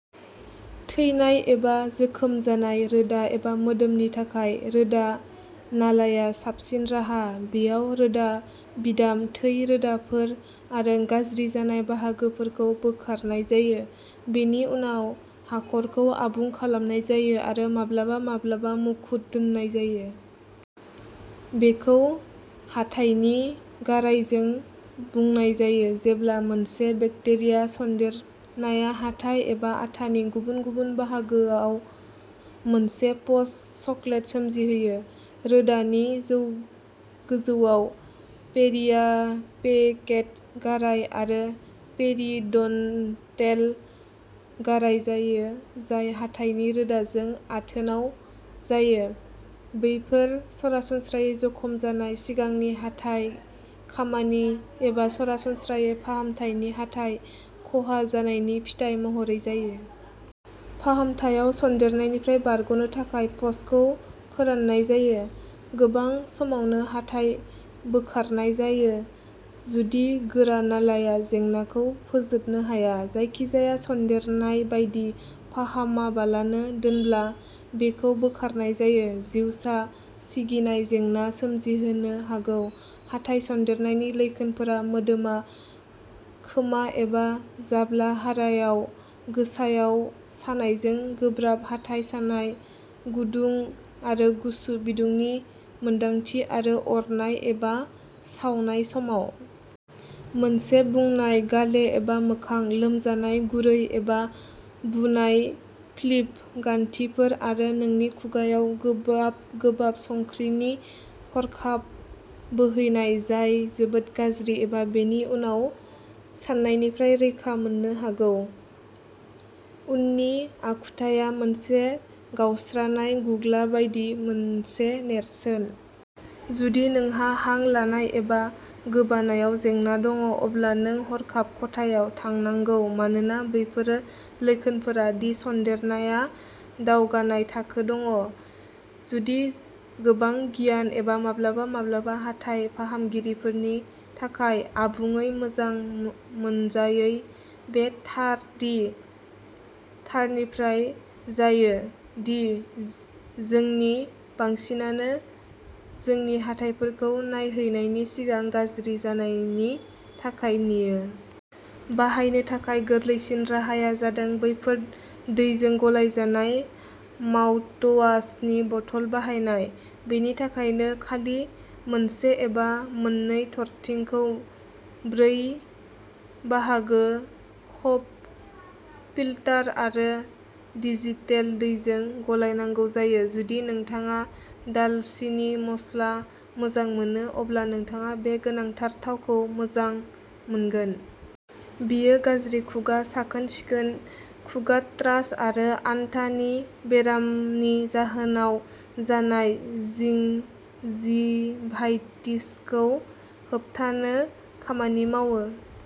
थैनाय एबा जोखोम जानाय रोदा एबा मोदोमफोरनि थाखाय, रोदा नालाया साबसिन राहा। बेयाव रोदा, बिदाम, थै रोदाफोर आरो गाज्रि जानाय बाहागोफोरखौ बोखारनाय जायो। बेनि उनाव हाखरखौ आबुं खालामनाय जायो आरो माब्लाबा-माब्लाबा मुकुट दोननाय जायो। बेखौ हाथाइनि गारायबो बुंनाय जायो, जेब्ला मोनसे बेक्टेरिया सन्देरनाया हाथाइ एबा आथानि गुबुन-गुबुन बाहागोफोराव मोनसे पसनि पकेट सोमजिहोयो। रोदानि गोजौआव पेरियापिकेल गाराय आरो पेरिय'डन्टेल गाराय थायो जाय हाथाइनि रोदाजों आथोनाव जायो। बेफोर सरासनस्रायै जखम जानाय, सिगांनि हाथाइ खामानि, एबा सरासनस्रायै फाहामजायै हाथाइ ख'हा जानायनि फिथाय महरै जायो। फाहामथायाव सन्देरनायनिफ्राय बारग'नो थाखाय पसखौ फोराननाय जायो। गोबां समावनो हाथाइखौ बोखारनाय जायो जुदि रोदा नालाया जेंनाखौ फोजोबनो हाया। जायखिजाया सन्देरनाय बायदि, फाहामालाबानो दोनब्ला, बेखौ बोखारनाय जायो। जिउ सिगिनाय जेंनाफोर सोमजिहोनो हागौ। हाथाइ सन्देरनायनि लैखोनफोरा गोदोना, खोमा एबा जाब्ला हाराआव गोसारनाय सानायजों गोब्राब हाथाइ सानाय, गुदुं आरो गुसु बिदुंनि मोनदांथि आरो अरनाय एबा सावनाय समाव। मोनसे बुनाय गाले एबा मोखां, लोमजानाय, गुरै एबा बुनाय लिम्फ गान्थिफोर आरो नोंनि खुगाआव गोबाब गोबाब संख्रिनि हरखाब बोहैनाय जाय जोबोद गाज्रि आरो बेनि उनाव सानायनिफ्राय रैखा मोननो हागौ। उननि आखुथाया मोनसे गावस्रानाय गुग्ला जानायनि मोनसे नेरसोन। जुदि नोंहा हां लानाय आरो गोबानायाव जेंना दं, अब्ला नों हरखाब खथायाव थांनांगौ मानोना बेफोरो लैखोनफोर दि सन्देरनाया दावगानाय थाखोआव दं। जोंनि गोबां गिनांगौ आरो माब्लाबा-माब्लाबा हाथाइ फाहामगिरिफोरनि थाखाय आबुङै मोजां मोनजायैआ बे थारनिफ्राय जायो दि जोंनि बांसिनानो जोंनि हाथाइफोरखौ नायहैनायनि सिगां गाज्रि जानायनि थाखाय नेयो। बाहायनो थाखाय गोरलैसिन राहाया जादों बेफोरखौ दैजों गलायनानै माउथवाशनि बथल बानायनाय। बेनि थाखाय खालि मोनसे एबा मोननै थरथिंखौ ब्रै बाहागो काप फिल्टार एबा डिस्टिल्ड दैजों गलायनांगौ जायो। जुदि नोंथाङा दालसिनि मस्ला मोजां मोनो, अब्ला नोंथाङा बे गोनांथार थावखौ मोजां मोनगोन। बेयो गाज्रि खुगा साखोन-सिखोन, खुगा थ्रास आरो आन्थानि बेरामनि जाहोनाव जानाय जिंजिभाइटिसखौ होबथानो खामानि मावो।